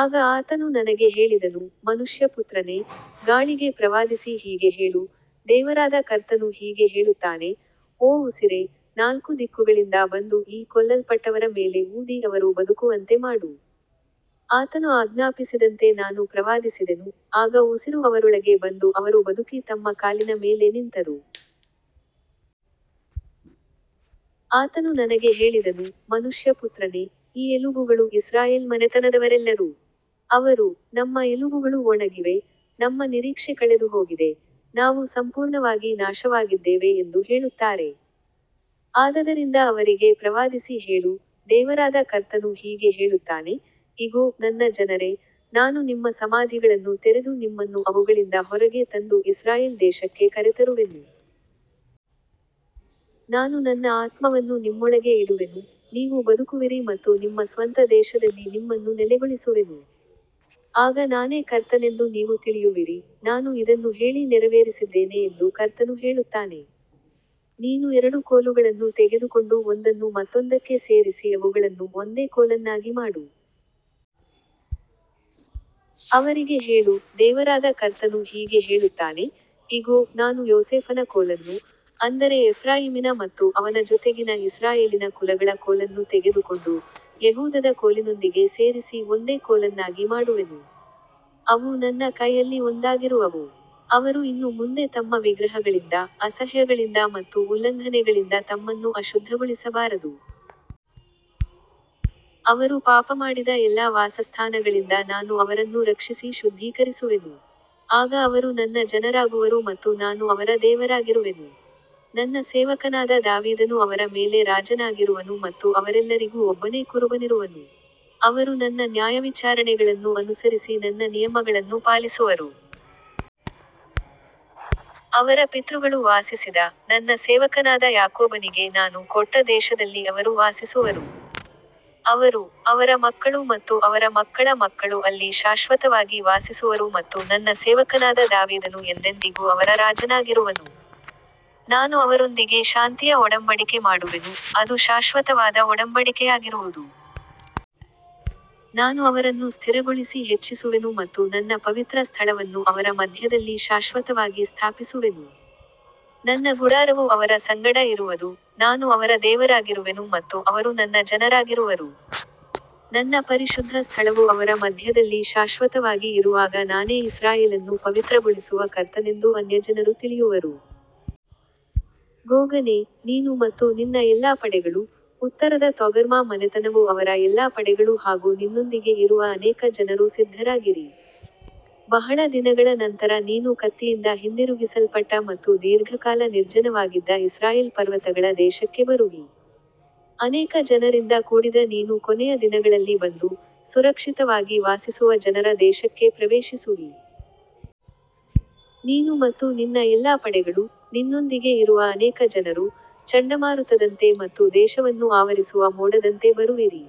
ಆಗ ಆತನು ನನಗೆ ಹೇಳಿದನು, ಮನುಷ್ಯಪುತ್ರನೇ, ಗಾಳಿಗೆ ಪ್ರವಾದಿಸಿ ಹೀಗೆ ಹೇಳು, ದೇವರಾದ ಕರ್ತನು ಹೀಗೆ ಹೇಳುತ್ತಾನೆ, ಓ ಉಸಿರೇ, ನಾಲ್ಕು ದಿಕ್ಕುಗಳಿಂದ ಬಂದು ಈ ಕೊಲ್ಲಲ್ಪಟ್ಟವರ ಮೇಲೆ ಊದಿ ಅವರು ಬದುಕುವಂತೆ ಮಾಡು. ಆತನು ಆಜ್ಞಾಪಿಸಿದಂತೆ ನಾನು ಪ್ರವಾದಿಸಿದೆನು, ಆಗ ಉಸಿರು ಅವರೊಳಗೆ ಬಂದು ಅವರು ಬದುಕಿ ತಮ್ಮ ಕಾಲಿನ ಮೇಲೆ ನಿಂತರು. ಆತನು ನನಗೆ ಹೇಳಿದನು, ಮನುಷ್ಯಪುತ್ರನೇ, ಈ ಎಲುಬುಗಳು ಇಸ್ರಾಯೇಲ್ ಮನೆತನದವರೆಲ್ಲರೂ. ಅವರು, ನಮ್ಮ ಎಲುಬುಗಳು ಒಣಗಿವೆ, ನಮ್ಮ ನಿರೀಕ್ಷೆ ಕಳೆದುಹೋಗಿದೆ, ನಾವು ಸಂಪೂರ್ಣವಾಗಿ ನಾಶವಾಗಿದ್ದೇವೆ ಎಂದು ಹೇಳುತ್ತಾರೆ. ಆದದರಿಂದ ಅವರಿಗೆ ಪ್ರವಾದಿಸಿ ಹೇಳು, ದೇವರಾದ ಕರ್ತನು ಹೀಗೆ ಹೇಳುತ್ತಾನೆ, ಇಗೋ, ನನ್ನ ಜನರೇ, ನಾನು ನಿಮ್ಮ ಸಮಾಧಿಗಳನ್ನು ತೆರೆದು ನಿಮ್ಮನ್ನು ಅವುಗಳಿಂದ ಹೊರಗೆ ತಂದು ಇಸ್ರಾಯೇಲ್ ದೇಶಕ್ಕೆ ಕರೆತರುವೆನು. ನಾನು ನನ್ನ ಆತ್ಮವನ್ನು ನಿಮ್ಮೊಳಗೆ ಇಡುವೆನು, ನೀವು ಬದುಕುವಿರಿ ಮತ್ತು ನಿಮ್ಮ ಸ್ವಂತ ದೇಶದಲ್ಲಿ ನಿಮ್ಮನ್ನು ನೆಲೆಗೊಳಿಸುವೆನು. ಆಗ ನಾನೇ ಕರ್ತನೆಂದು ನೀವು ತಿಳಿಯುವಿರಿ, ನಾನು ಇದನ್ನು ಹೇಳಿ ನೆರವೇರಿಸಿದ್ದೇನೆ ಎಂದು ಕರ್ತನು ಹೇಳುತ್ತಾನೆ. ನೀನು ಎರಡು ಕೋಲುಗಳನ್ನು ತೆಗೆದುಕೊಂಡು ಒಂದನ್ನು ಮತ್ತೊಂದಕ್ಕೆ ಸೇರಿಸಿ ಅವುಗಳನ್ನು ಒಂದೇ ಕೋಲನ್ನಾಗಿ ಮಾಡು. ಅವರಿಗೆ ಹೇಳು, ದೇವರಾದ ಕರ್ತನು ಹೀಗೆ ಹೇಳುತ್ತಾನೆ, ಇಗೋ, ನಾನು ಯೋಸೇಫನ ಕೋಲನ್ನು, ಅಂದರೆ ಎಫ್ರಾಯೀಮಿನ ಮತ್ತು ಅವನ ಜೊತೆಗಿನ ಇಸ್ರಾಯೇಲಿನ ಕುಲಗಳ ಕೋಲನ್ನು ತೆಗೆದುಕೊಂಡು, ಯೆಹೂದದ ಕೋಲಿನೊಂದಿಗೆ ಸೇರಿಸಿ ಒಂದೇ ಕೋಲನ್ನಾಗಿ ಮಾಡುವೆನು. ಅವು ನನ್ನ ಕೈಯಲ್ಲಿ ಒಂದಾಗಿರುವವು. ಅವರು ಇನ್ನು ಮುಂದೆ ತಮ್ಮ ವಿಗ್ರಹಗಳಿಂದ, ಅಸಹ್ಯಗಳಿಂದ ಮತ್ತು ಉಲ್ಲಂಘನೆಗಳಿಂದ ತಮ್ಮನ್ನು ಅಶುದ್ಧಗೊಳಿಸಬಾರದು. ಅವರು ಪಾಪಮಾಡಿದ ಎಲ್ಲಾ ವಾಸಸ್ಥಾನಗಳಿಂದ ನಾನು ಅವರನ್ನು ರಕ್ಷಿಸಿ ಶುದ್ಧೀಕರಿಸುವೆನು. ಆಗ ಅವರು ನನ್ನ ಜನರಾಗುವರು ಮತ್ತು ನಾನು ಅವರ ದೇವರಾಗಿರುವೆನು. ನನ್ನ ಸೇವಕನಾದ ದಾವೀದನು ಅವರ ಮೇಲೆ ರಾಜನಾಗಿರುವನು ಮತ್ತು ಅವರೆಲ್ಲರಿಗೂ ಒಬ್ಬನೇ ಕುರುಬನಿರುವನು. ಅವರು ನನ್ನ ನ್ಯಾಯವಿಚಾರಣೆಗಳನ್ನು ಅನುಸರಿಸಿ ನನ್ನ ನಿಯಮಗಳನ್ನು ಪಾಲಿಸುವರು. ಅವರ ಪಿತೃಗಳು ವಾಸಿಸಿದ, ನನ್ನ ಸೇವಕನಾದ ಯಾಕೋಬನಿಗೆ ನಾನು ಕೊಟ್ಟ ದೇಶದಲ್ಲಿ ಅವರು ವಾಸಿಸುವರು. ಅವರು, ಅವರ ಮಕ್ಕಳು ಮತ್ತು ಅವರ ಮಕ್ಕಳ ಮಕ್ಕಳು ಅಲ್ಲಿ ಶಾಶ್ವತವಾಗಿ ವಾಸಿಸುವರು ಮತ್ತು ನನ್ನ ಸೇವಕನಾದ ದಾವೀದನು ಎಂದೆಂದಿಗೂ ಅವರ ರಾಜನಾಗಿರುವನು. ನಾನು ಅವರೊಂದಿಗೆ ಶಾಂತಿಯ ಒಡಂಬಡಿಕೆ ಮಾಡುವೆನು, ಅದು ಶಾಶ್ವತವಾದ ಒಡಂಬಡಿಕೆಯಾಗಿರುವುದು. ನಾನು ಅವರನ್ನು ಸ್ಥಿರಗೊಳಿಸಿ ಹೆಚ್ಚಿಸುವೆನು ಮತ್ತು ನನ್ನ ಪವಿತ್ರ ಸ್ಥಳವನ್ನು ಅವರ ಮಧ್ಯದಲ್ಲಿ ಶಾಶ್ವತವಾಗಿ ಸ್ಥಾಪಿಸುವೆನು. ನನ್ನ ಗುಡಾರವು ಅವರ ಸಂಗಡ ಇರುವದು, ನಾನು ಅವರ ದೇವರಾಗಿರುವೆನು ಮತ್ತು ಅವರು ನನ್ನ ಜನರಾಗಿರುವರು. ನನ್ನ ಪರಿಶುದ್ಧ ಸ್ಥಳವು ಅವರ ಮಧ್ಯದಲ್ಲಿ ಶಾಶ್ವತವಾಗಿ ಇರುವಾಗ ನಾನೇ ಇಸ್ರಾಯೇಲನ್ನು ಪವಿತ್ರಗೊಳಿಸುವ ಕರ್ತನೆಂದು ಅನ್ಯಜನರು ತಿಳಿಯುವರು. ಗೋಗನೇ, ನೀನು ಮತ್ತು ನಿನ್ನ ಎಲ್ಲಾ ಪಡೆಗಳು, ಉತ್ತರದ ತೊಗರ್ಮಾ ಮನೆತನವೂ ಅವರ ಎಲ್ಲಾ ಪಡೆಗಳೂ ಹಾಗೂ ನಿನ್ನೊಂದಿಗೆ ಇರುವ ಅನೇಕ ಜನರೂ ಸಿದ್ಧರಾಗಿರಿ. ಬಹಳ ದಿನಗಳ ನಂತರ ನೀನು ಕತ್ತಿಯಿಂದ ಹಿಂದಿರುಗಿಸಲ್ಪಟ್ಟ ಮತ್ತು ದೀರ್ಘಕಾಲ ನಿರ್ಜನವಾಗಿದ್ದ ಇಸ್ರಾಯೇಲ್ ಪರ್ವತಗಳ ದೇಶಕ್ಕೆ ಬರುವಿ. ಅನೇಕ ಜನರಿಂದ ಕೂಡಿದ ನೀನು ಕೊನೆಯ ದಿನಗಳಲ್ಲಿ ಬಂದು, ಸುರಕ್ಷಿತವಾಗಿ ವಾಸಿಸುವ ಜನರ ದೇಶಕ್ಕೆ ಪ್ರವೇಶಿಸುವಿ. ನೀನು ಮತ್ತು ನಿನ್ನ ಎಲ್ಲಾ ಪಡೆಗಳು, ನಿನ್ನೊಂದಿಗೆ ಇರುವ ಅನೇಕ ಜನರು, ಚಂಡಮಾರುತದಂತೆ ಮತ್ತು ದೇಶವನ್ನು ಆವರಿಸುವ ಮೋಡದಂತೆ ಬರುವಿರಿ.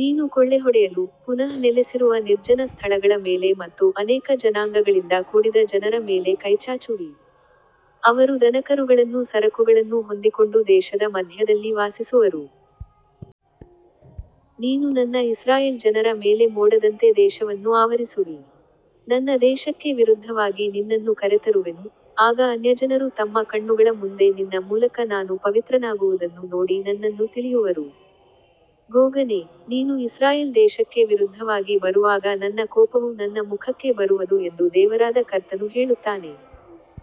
ನೀನು ಕೊಳ್ಳೆಹೊಡೆಯಲು, ಪುನಃ ನೆಲೆಸಿರುವ ನಿರ್ಜನ ಸ್ಥಳಗಳ ಮೇಲೆ ಮತ್ತು ಅನೇಕ ಜನಾಂಗಗಳಿಂದ ಕೂಡಿದ ಜನರ ಮೇಲೆ ಕೈಚಾಚುವಿ. ಅವರು ದನಕರುಗಳನ್ನೂ ಸರಕುಗಳನ್ನೂ ಹೊಂದಿಕೊಂಡು ದೇಶದ ಮಧ್ಯದಲ್ಲಿ ವಾಸಿಸುವರು. ನೀನು ನನ್ನ ಇಸ್ರಾಯೇಲ್ ಜನರ ಮೇಲೆ ಮೋಡದಂತೆ ದೇಶವನ್ನು ಆವರಿಸುವಿ. ನನ್ನ ದೇಶಕ್ಕೆ ವಿರುದ್ಧವಾಗಿ ನಿನ್ನನ್ನು ಕರೆತರುವೆನು, ಆಗ ಅನ್ಯಜನರು ತಮ್ಮ ಕಣ್ಣುಗಳ ಮುಂದೆ ನಿನ್ನ ಮೂಲಕ ನಾನು ಪವಿತ್ರನಾಗುವುದನ್ನು ನೋಡಿ ನನ್ನನ್ನು ತಿಳಿಯುವರು. ಗೋಗನೇ, ನೀನು ಇಸ್ರಾಯೇಲ್ ದೇಶಕ್ಕೆ ವಿರುದ್ಧವಾಗಿ ಬರುವಾಗ ನನ್ನ ಕೋಪವು ನನ್ನ ಮುಖಕ್ಕೆ ಬರುವದು ಎಂದು ದೇವರಾದ ಕರ್ತನು ಹೇಳುತ್ತಾನೆ.